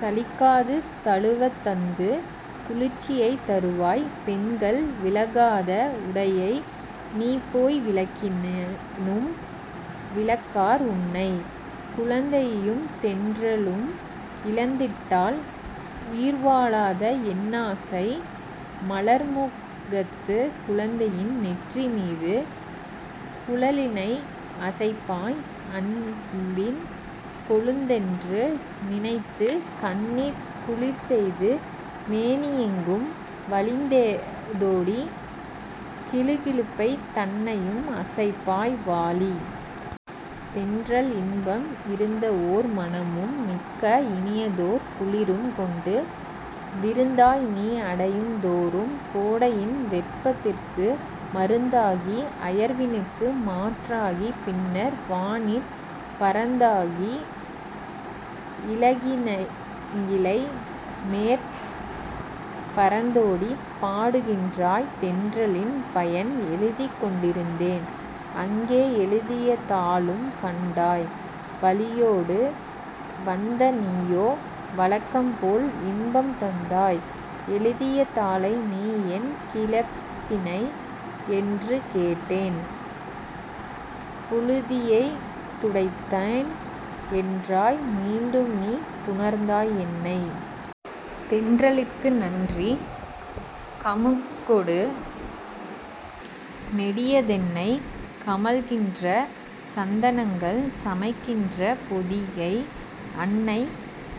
சலிக்காது தழுவத் தந்து குளிர்ச்சியைத் தருவாய்! பெண்கள் விலக்காத உடையை நீபோய் விலக்கினும், விலக்கார் உன்னை! குழந்தையும் தென்றலும் இழந்திட்டால் உயிர்வா ழாத என்னாசை மலர்மு கத்துக் குழந்தையின் நெற்றி மீது குழலினை அசைப்பாய்; அன்பின் கொழுந்தென்று நினத்துக், கண்ணிற் குளிர்செய்து, மேனி யெங்கும் வழிந்தோடிக் கிலு கிலுப்பை தன்னையு ம் அசைப்பாய் வாழி. தென்றல் இன்பம் இருந்தஓர் மனமும், மிக்க இனியதோர் குளிரும் கொண்டு விருந்தாய்நீ அடையுந் தோறும் கோடையின் வெப்பத் திற்கு மருந்தாகி அயர்வி னுக்கு மாற்றாகிப் பின்னர் வானிற் பருந்தாகி இளங்கி ளைமேற் பறந்தோடிப் பாடு கின்றாய்! தென்றலின் பயன் எழுதிக்கொண் டிருந்தேன்; அங்கே எழுதிய தாளும் கண்டாய்; வழியோடு வந்த நீயோ வழக்கம்போல் இன்பம் தந்தாய்; "எழுதிய தாளை நீ ஏன் கிளப்பினை" என்று கேட்டேன், "புழுதியைத் துடைத்தேன்" என்றாய்; மீண்டும்நீ புணர்ந்தாய் என்னை! தென்றலிற்கு நன்றி கமுகொடு, நெடிய தென்னை, கமழ்கின்ற சந்த னங்கள், சமைகின்ற பொதிகை அன்னை,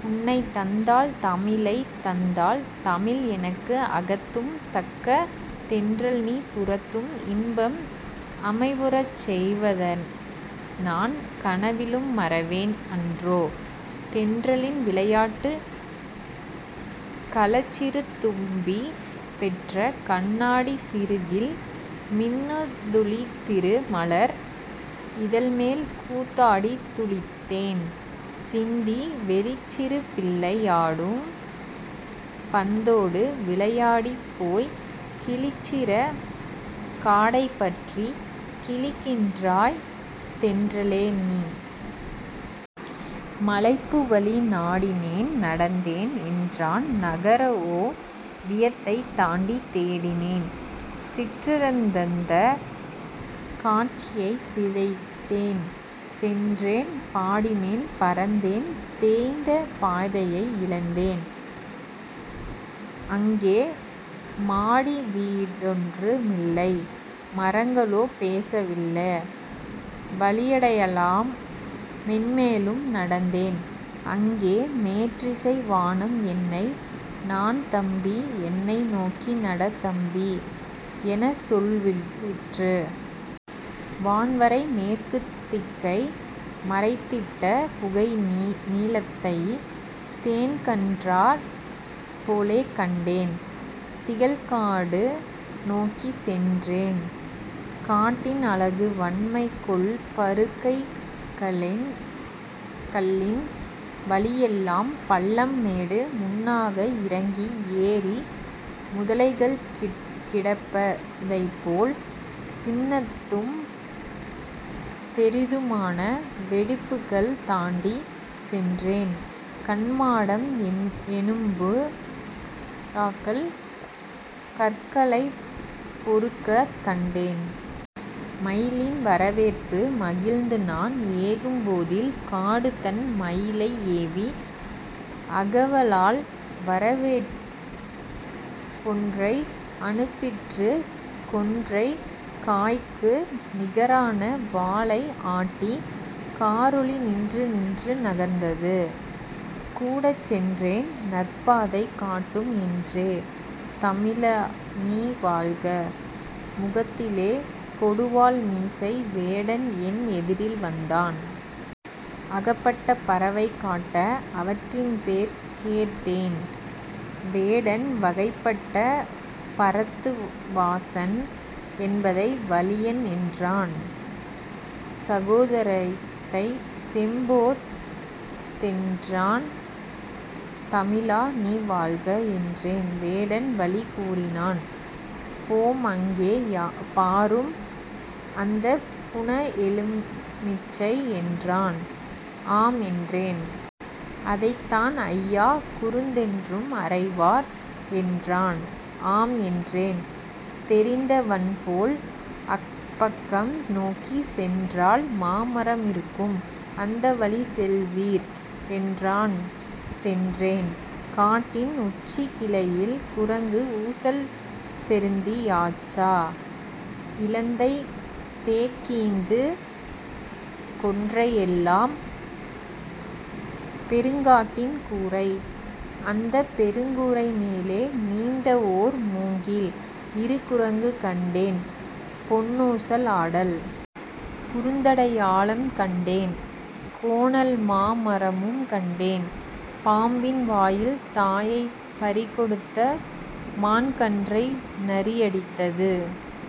உனைத்தந்தாள் தமிழைத் தந்தாள் தமிழ் எனக்கு அகத்தும், தக்க தென்றல்நீ புறத்தும், இன்பம் அமைவுறச் செய்வ தைநான் கனவிலும் மறவேன் அன்றோ? தென்றலின் விளையாட்டு களச்சிறு தும்பி பெற்ற கண்ணாடிச் சிறகில் மின்னித், துளிச்சிறு மலர் இதழ்மேல் கூத்தாடித் துளிதேன் சிந்தி, வெளிச்சிறு பிள்ளை யாடும் பந்தோடு விளயா டிப், போய்க் கிளிச்சிற காடை பற்றிக் கிழிக்கின்றாய் தென்ற லேநீ! மலைப்பு வழி நாடினேன்; நடந்தேன்; என்றன் நகரஓ வியத்தைத் தாண்டித் தேடினேன்; சிற்றுர் தந்த காட்சியைச் சிதைத்தேன்; சென்றேன்; பாடினேன்; பறந்தேன்; தேய்ந்த பாதையை இழந்தேன். அங்கே மாடிவீ டொன்று மில்லை மரங்களோ பேசவில்ல! வழியடையலாம் மேன் மேலும் நடந்தேன்; அங்கே 'மேற்றிசை வானம்' என்னை "நான் தம்பி என்னை நோக்கி நட தம்பி" எனச்சொல் லிற்று! வான்வரை மேற்குத் திக்கை மறைத்திட்ட புகைநீ லத்தைத் தேன்கண்டாற் போலே கண்டேன், திகழ் காடு நோக்கிச் சென்றேன். காட்டின் அழகு வன்மை கொள் பருக்கைக் கல்லின் வழியெல்லாம் பள்ளம், மேடு! முன்னாக இறங்கி ஏறி முதலைகள் கிடப்ப தைப்போல் சின்னதும் பெரிது மான வெடிப்புக்கள் தாண்டிச் சென்றேன்; "கன்மாடம்" எனும்பு றாக்கள் கற்களைப் பொறுக்கக் கண்டேன். மயிலின் வரவேற்பு மகிழ்ந்துநான் ஏகும் போதில் காடுதன் மயிலை ஏவி அகவலால் வரவேற் பொன்றை அனுப்பிற்று கொன்றைக் காய்க்கு நிகரான வாலை ஆட்டிக் காரெலி நின்று நின்று நகர்ந்தது. கூடச் சென்றேன் நற்பாதை காட்டும் என்றே. தமிழா நீ வாழ்க முகத்திலே கொடுவாள் மீசை வேடன், என் எதிரில் வந்தான். அகப்பட்ட பறவை காட்ட, அவற்றின்பேர் கேட்டேன்! வேடன் வகைபட்ட பரத்து வாசன் என்பதை வலியன் என்றான்; சகோ தரத்தைச் செம்போத் தென்றான்! தமிழா நீ வாழ்க என்றேன். வேடன் வழி கூறினான் "போம் அங்கே! பாரும் அந்தப் புன எலு மிச்சை" என்றான். " ஆம்" என்றேன்". "அதைத்தான் ஐயா குருந்தென்றும் அறைவார்" என்றான் "ஆம்" என்றேன் தெரிந்த வன்போல்! "அப்பக்கம் நோக்கிச் சென்றால் மாமரம் இருக்கும் அந்த வழிச்செல்வீர்" என்றான் சென்றேன். காட்டின் உச்சிக்கிளையில் குரங்கு ஊசல் செருந்தி, யாச்சா, இலந்தை, தேக்கீந்து கொன்றை யெல்லாம் பெருங்காட்டின் கூரை! அந்தப் பெருங்கூரை மேலே நீண்ட ஒரு முங்கில்; இரு குரங்கு கண்டேன் பொன் னுசல் ஆடல்! குருந்தடையாளம் கண்டேன் கோணல்மா மரமும் கண்டேன்! பாம்பின் வாயில் தாயைப் பறிகொடுத்த மான்கன்றை நரியடித்தது